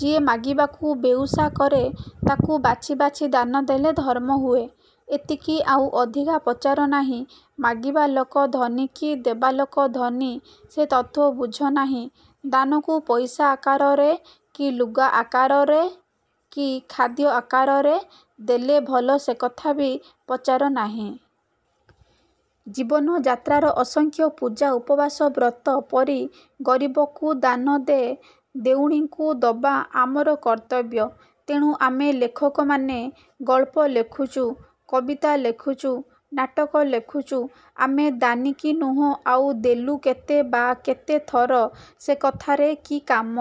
ଯିଏ ମାଗିବାକୁ ବେଉଷା କରେ ତାକୁ ବାଛି ବାଛି ଦାନ ଦେଲେ ଧର୍ମ ହୁଏ। ଏତିକି। ଆଉ ଅଧିକା ପଚାର ନାହିଁ। ମାଗିବା ଲୋକ ଧନୀ କି ଦେବା ଲୋକ ଧନୀ-ସେ ତତ୍ତ୍ୱ ବୁଝ ନାହିଁ। ଦାନକୁ ପଇସା ଆକାରରେ, କି ଲୁଗା ଆକାରରେ କି ଖାଦ୍ୟ ଆକାରରେ ଦେଲେ ଭଲ-ସେକଥା ବି ପଚାର ନାହିଁ-। ଜୀବନଯାତ୍ରାର ଅସଂଖ୍ୟ ପୂଜା ଉପବାସ ବ୍ରତ ପରି ଗରିବକୁ ଦାନ, ଦେ-ଦେଉଣିଙ୍କୁ ଦବା ଆମର କର୍ତ୍ତବ୍ୟ। ତେଣୁ ଆମେ ଲେଖକମାନେ ଗଳ୍ପ ଲେଖୁଛୁ, କବିତା ଲେଖୁଛୁ, ନାଟକ ଲେଖୁଛୁ-। ଆମେ ଦାନୀ କି ନୁହଁ ଆଉ ଦେଲୁ କେତେ ବା କେତେ ଥର-ସେ କଥାରେ କି କାମ?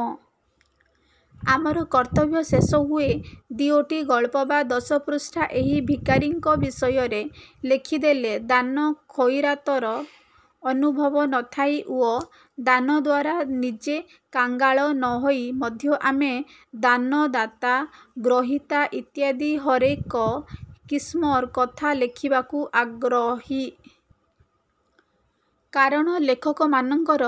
ଆମର କର୍ତ୍ତବ୍ୟ ଶେଷ ହୁଏ ଦିଓଟି ଗଳ୍ପ ବା ଦଶପୃଷ୍ଠା ଏହି ଭିକାରୀଙ୍କ ବିଷୟରେ ଲେଖି ଦେଲେ। ଦାନ ଖଇରାତର ଅନୁଭବ ନ ଥାଇ ଓ ଦାନ ଦ୍ୱାରା ନିଜେ କାଙ୍ଗାଳ ନ ହୋଇ ମଧ୍ୟ ଆମେ ଦାନ, ଦାତା, ଗ୍ରହୀତା ଇତ୍ୟାଦି ହରେକ କିସମର କଥା ଲେଖିବାକୁ ଆଗ୍ରହୀ। କାରଣ ଲେଖକମାନଙ୍କର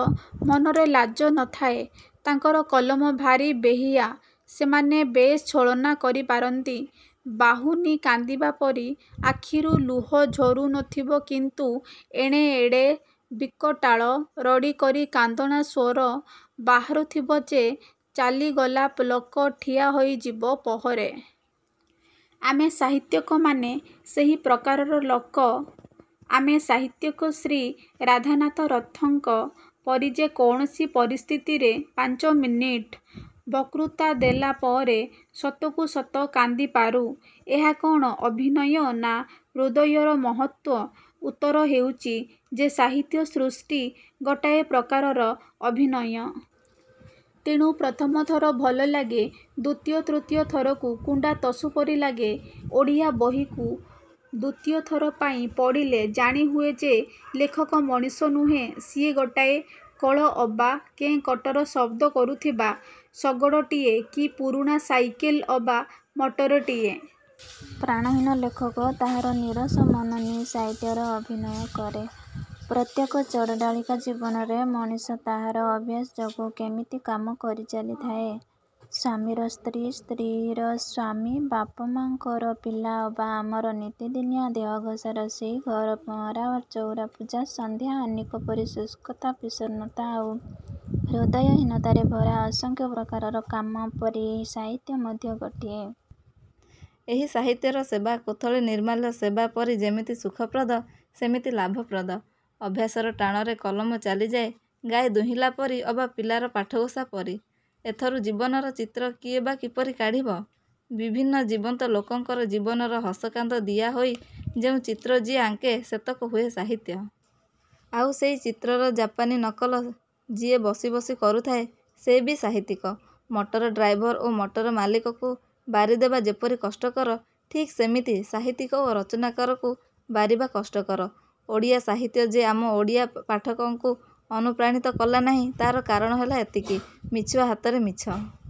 ମନରେ ଲାଜ ନ ଥାଏ-ତାଙ୍କର କଲମ ଭାରି ବେହିଆ। ସେମାନେ ବେଶ୍ ଛଳନା କରିପାରନ୍ତି-ବାହୁନି କାନ୍ଦିବା ପରି। ଆଖିରୁ ଲୁହ ଝରୁ ନ ଥିବ କିନ୍ତୁ ଏଣେ ଏଡ଼େ ବିକଟାଳ ରଡ଼ି କରି କାନ୍ଦଣା ସ୍ୱର ବାହାରୁଥିବ ଯେ ଚାଲିଗଲା ଲୋକ ଠିଆ ହୋଇଯିବ ପହରେ। ଆମେ ସାହିତ୍ୟିକମାନେ ସେହି ପ୍ରକାରର ଲୋକ। ଆମେ ସାହିତ୍ୟିକ ଶ୍ରୀ ରାଧାନାଥ ରଥଙ୍କ ପରି ଯେ କୌଣସି ପରିସ୍ଥିତିରେ ପାଞ୍ଚମିନିଟ୍ ବକ୍ତୃତା ଦେଲା ପରେ ସତକୁ ସତ କାନ୍ଦିପାରୁ-। ଏହା କ'ଣ ଅଭିନୟ ନା ହୃଦୟର ମହତ୍ତ୍ୱ? ଉତ୍ତର ହେଉଛି ଯେ ସାହିତ୍ୟ ସୃଷ୍ଟି ଗୋଟାଏ ପ୍ରକାରର ଅଭିନୟ। ତେଣୁ ପ୍ରଥମ ଥର ଭଲ ଲାଗେ। ଦ୍ୱିତୀୟ ତୃତୀୟ ଥରକୁ କୁଣ୍ତାତସୁ ପରି ଲାଗେ। ଓଡ଼ିଆ ବହିକୁ ଦ୍ୱିତୀୟ ଥର ପାଇଁ ପଢ଼ିଲେ ଜାଣିହୁଏ ଯେ ଲେଖକ ମଣିଷ ନୁହେଁ-ସିଏ ଗୋଟାଏ କଳ ଅବା କେଁକଟର ଶଦ୍ଦ କରୁଥିବା ଶଗଡ଼ଟିଏ କି ପୁରୁଣା ସାଇକଲ୍ ଅବା ମଟରଟିଏ। ପ୍ରାଣହୀନ ଲେଖକ ତାହାର ନିରସ ମନ ନେଇ ସାହିତ୍ୟର ଅଭିନୟ କରେ। ପ୍ରତ୍ୟେକ ଚଡ଼ଡାଳିକା ଜୀବନରେ ମଣିଷ ତାହାର ଅଭ୍ୟାସ ଯୋଗୁଁ କେମିତି କାମ କରି ଚାଲିଥାଏ। ସ୍ୱାମୀର ସ୍ତ୍ରୀ, ସ୍ତ୍ରୀର ସ୍ୱାମୀ, ବାପମାଙ୍କର ପିଲା ଅବା ଆମର ନିତିଦିନିଆ ଦେହଘସା ରୋଷେଇ, ଘର ପହଁରା, ଚଉରା ପୂଜା, ସନ୍ଧ୍ୟା ଆହ୍ନିକ ପରି ଶୁଷ୍କତା ବିଷର୍ଣ୍ଣତା ଆଉ ହୃଦୟହୀନତାରେ ଭରା ଅସଂଖ୍ୟ ପ୍ରକାରର କାମ ପରି ସାହିତ୍ୟ ମଧ୍ୟ ଗୋଟିଏ। ଏହି ସାହିତ୍ୟର ସେବା କୋଥଳି ନିର୍ମାଲ୍ୟ ସେବା ପରି ଯେମିତି ସୁଖପ୍ରଦ ସେମିତି ଲାଭପ୍ରଦ। ଅଭ୍ୟାସର ଟାଣରେ କଲମ ଚାଲିଯାଏ ଗାଈ ଦୁହିଁଲା ପରି ଅବା ପିଲାର ପାଠଘୋଷା ପରି। ଏଥରୁ ଜୀବନର ଚିତ୍ର କିଏ ବା କିପରି କାଢ଼ିବ? ବିଭିନ୍ନ ଜୀବନ୍ତ ଲୋକଙ୍କର ଜୀବନର ହସକାନ୍ଦ ଦିଆ ହୋଇ ଯେଉଁ ଚିତ୍ର ଯିଏ ଆଙ୍କେ ସେତକ ହୁଏ ସାହିତ୍ୟ। ଆଉ ସେହି ଚିତ୍ରର ଯାପାନୀ ନକଲ ଯିଏ ବସି ବସି କରୁଥାଏ ସେ ବି ସାହିତ୍ୟିକ। ମଟର ଡ୍ରାଇଭର ଓ ମଟର ମାଲିକକୁ ବାରିଦେବା ଯେପରି କଷ୍ଟକର ଠିକ୍ ସେମିତି ସାହିତ୍ୟିକ ଓ ରଚନାକାରକୁ ବାରିବା କଷ୍ଟକର। ଓଡ଼ିଆ ସାହିତ୍ୟ ଯେ ଆମ ଓଡ଼ିଆ ପାଠକଙ୍କୁ ଅନୁପ୍ରାଣିତ କଲା ନାହିଁ ତାହାର କାରଣ ହେଲା ଏତିକି। ମିଛୁଆ ହାତରେ ମିଛ